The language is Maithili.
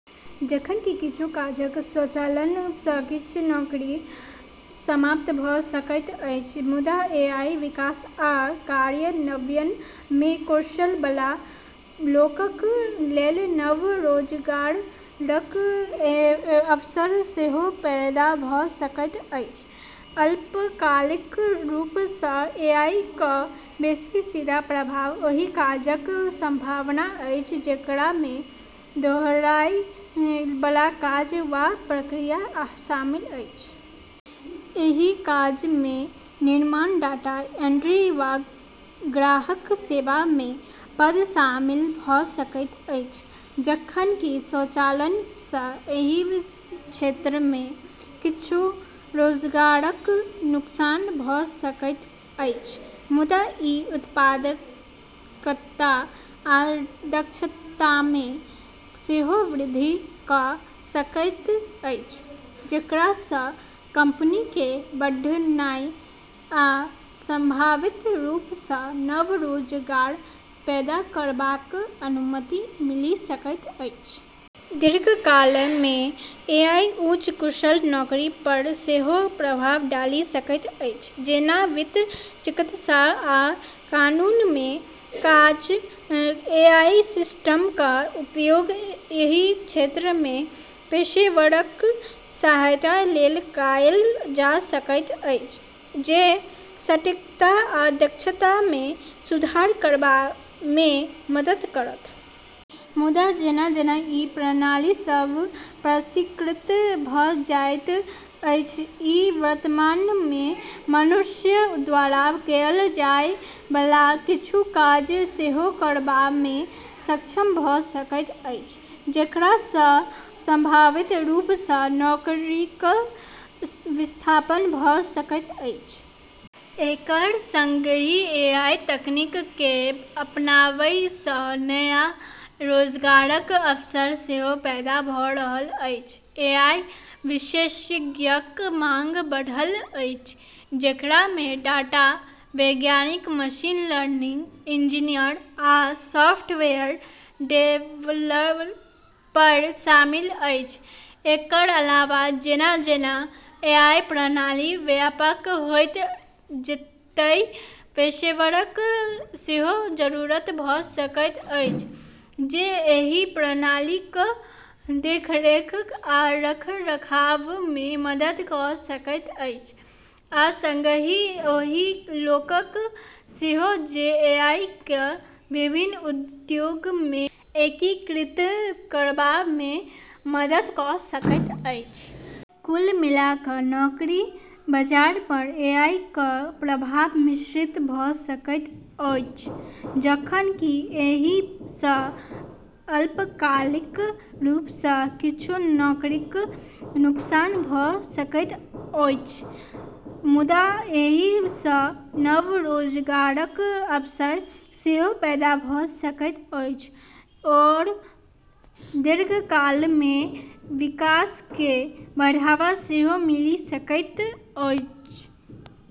जखन कि किछु काजक स्वचालन सँ किछ नौकरी समाप्त भ’ सकैत अछि, मुदा एआई विकास आ कार्यान्वयनमे कौशल बला लोकक लेल नव रोजगारक अवसर सेहो पैदा भ’ सकैत अछि। अल्पकालिक रूप सँ एआईक बेसि सीधा प्रभाव ओहि काजक संभावना अछि, जेकरामे दोहराए बला काज वा प्रक्रिया शामिल अछि। एहि काजमे निर्माण, डाटा एंट्री, वा ग्राहक सेवामे पद शामिल भ’ सकैत अछि। जखन कि स्वचालन सँ एहि क्षेत्रमे किछु रोजगारक नुकसान भ’ सकैत अछि, मुदा ई उत्पादकता आ दक्षतामे सेहो वृद्धि क’ सकैत अछि, जेकरा सँ कंपनीकेँ बढ़नाइ आ संभावित रूप सँ नव रोजगार पैदा करबाक अनुमति मिलि सकैत अछि। दीर्घकालमे एआई उच्च कुशल नौकरी पर सेहो प्रभाव डालि सकैत अछि, जेना वित्त, चिकित्सा, आ कानूनमे काज। एआई सिस्टमक उपयोग एहि क्षेत्रमे पेशेवरक सहायता लेल कएल जा सकैत अछि, जे सटीकता आ दक्षतामे सुधार करबामे मदद करत। मुदा, जेना-जेना ई प्रणाली सभ परिष्कृत भ’ जाइत अछि, ई वर्तमानमे मनुष्य द्वारा कएल जाय बला किछु काज सेहो करबामे सक्षम भ’ सकैत अछि, जेकरा सँ संभावित रूप सँ नौकरीक विस्थापन भ’ सकैत अछि। एकर संगहि एआई तकनीककेँ अपनाबै सँ नया रोजगारक अवसर सेहो पैदा भ’ रहल अछि। एआई विशेषज्ञक मांग बढ़ल अछि, जेकरामे डाटा वैज्ञानिक, मशीन लर्निंग इंजीनियर, आ सॉफ्टवेयर डेवलपर शामिल अछि। एकर अलावा, जेना-जेना एआई प्रणाली व्यापक होइत जेतै, पेशेवरक सेहो जरूरत भ’ सकैत अछि जे एहि प्रणालीक देखरेख आ रखरखावमे मदद क’ सकैत अछि, आ संगहि ओहि लोकक सेहो जे एआईकेँ विभिन्न उद्योगमे एकीकृत करबामे मदद क’ सकैत अछि। कुल मिला क’ नौकरी बाजार पर एआईक प्रभाव मिश्रित भ’ सकैत अछि। जखन कि एहि सँ अल्पकालिक रूप सँ किछु नौकरीक नुकसान भ’ सकैत अछि, मुदा एहि सँ नव रोजगारक अवसर सेहो पैदा भ’ सकैत अछि आओर दीर्घकालमे विकासकेँ बढ़ावा सेहो मिलि सकैत अछि।